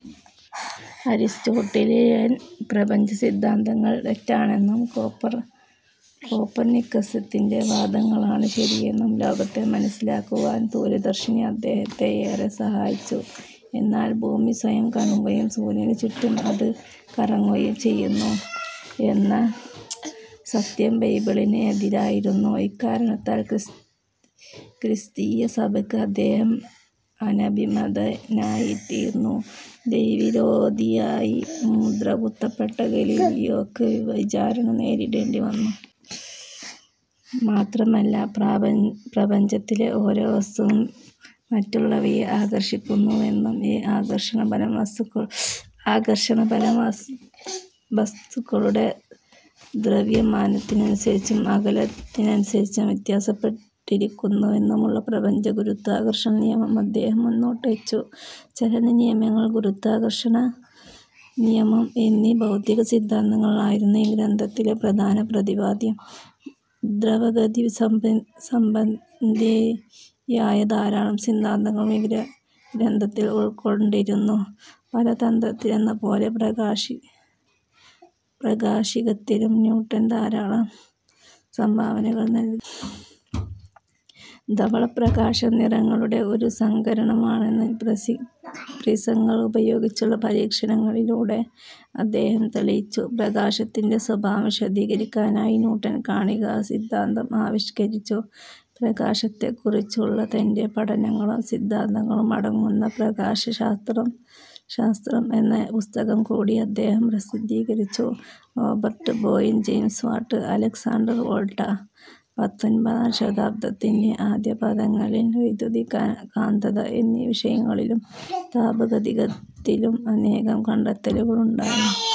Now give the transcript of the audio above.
Aristotelian പ്രപഞ്ചസിദ്ധാന്തങ്ങൾ തെറ്റാണെന്നും കോപ്പർനിക്കസിന്റെ വാദങ്ങളാണ് ശരിയെന്നും ലോകത്തെ മനസ്സിലാക്കുവാൻ ദൂരദർശിനി അദ്ദേഹത്തെ ഏറെ സഹായിച്ചു. എന്നാൽ ഭൂമി സ്വയം കറങ്ങുകയും സൂര്യനുചുറ്റും അത് കറങ്ങുകയും ചെയ്യുന്നു എന്ന സത്യം ബൈബിളിന് എതിരായിരുന്നു. ഇക്കാരണത്താൽ ക്രിസ്തീയസഭയ്ക്ക് അദ്ദേഹം അനഭിമതനായിത്തീർന്നു. ദൈവവിരോധിയായി മുദ്രകുത്തപ്പെട്ട ഗലീലിയോയ്ക്ക് വിചാരണ നേരിടേണ്ടിവന്നു. മാത്രമല്ല, പ്രപഞ്ചത്തിലെ ഓരോവസ്തുവും മറ്റുള്ളവയെ ആകർഷിക്കുന്നുവെന്നും ഈ ആകർഷണബലം വസ്തുക്കളുടെ ദ്രവ്യമാനത്തിനനുസരിച്ചും അകലത്തിനനുസരിച്ചും വ്യത്യാസപ്പെട്ടിരിക്കുന്നുവെന്നുമുള്ള പ്രപഞ്ചഗുരുത്വാകർഷണനിയമം അദ്ദേഹം മുന്നോട്ടുവച്ചു. ചലനനിയമങ്ങൾ, ഗുരുത്വാകർഷണനിയമം എന്നീ ഭൗതികസിദ്ധാന്തങ്ങൾ ആയിരുന്നു ഈ ഗ്രന്ഥത്തിലെ പ്രധാന പ്രതിപാദ്യം. ദ്രവഗതികസംബന്ധിയായ ധാരാളം സിദ്ധാന്തങ്ങളും ഈ ഗ്രന്ഥത്തിൽ ഉൾക്കൊണ്ടിരുന്നു. ബലതന്ത്രത്തിലെന്നപോലെ പ്രകാശികത്തിലും ന്യൂട്ടൻ ധാരാളം സംഭാവനകൾ നൽകി. ധവളപ്രകാശം നിറങ്ങളുടെ ഒരു സങ്കരമാണെന്ന് പ്രിസങ്ങൾ ഉപയോഗിച്ചുള്ള പരീക്ഷണങ്ങളിലൂടെ അദ്ദേഹം തെളിയിച്ചു. പ്രകാശത്തിന്റെ സ്വഭാവം വിശദീകരിക്കാനായി ന്യൂട്ടൻ കണികാസിദ്ധാന്തം ആവിഷ്കരിച്ചു. പ്രകാശത്തെക്കുറിച്ചുള്ള തന്റെ പഠനങ്ങളും സിദ്ധാന്തങ്ങളും അടങ്ങുന്ന പ്രകാശശാസ്ത്രം എന്ന ഒരു പുസ്തകം കൂടി അദ്ദേഹം പ്രസിദ്ധീകരിച്ചു. Robert Boyle James Watt Alexander Volta പത്തൊൻപതാം ശതാബ്ദത്തിന്റെ ആദ്യപാദങ്ങളിൽ വൈദ്യുതി-കാന്തത എന്നീവിഷയങ്ങളിലും താപഗതികത്തിലും അനേകം കണ്ടെത്തലുകളുണ്ടായി.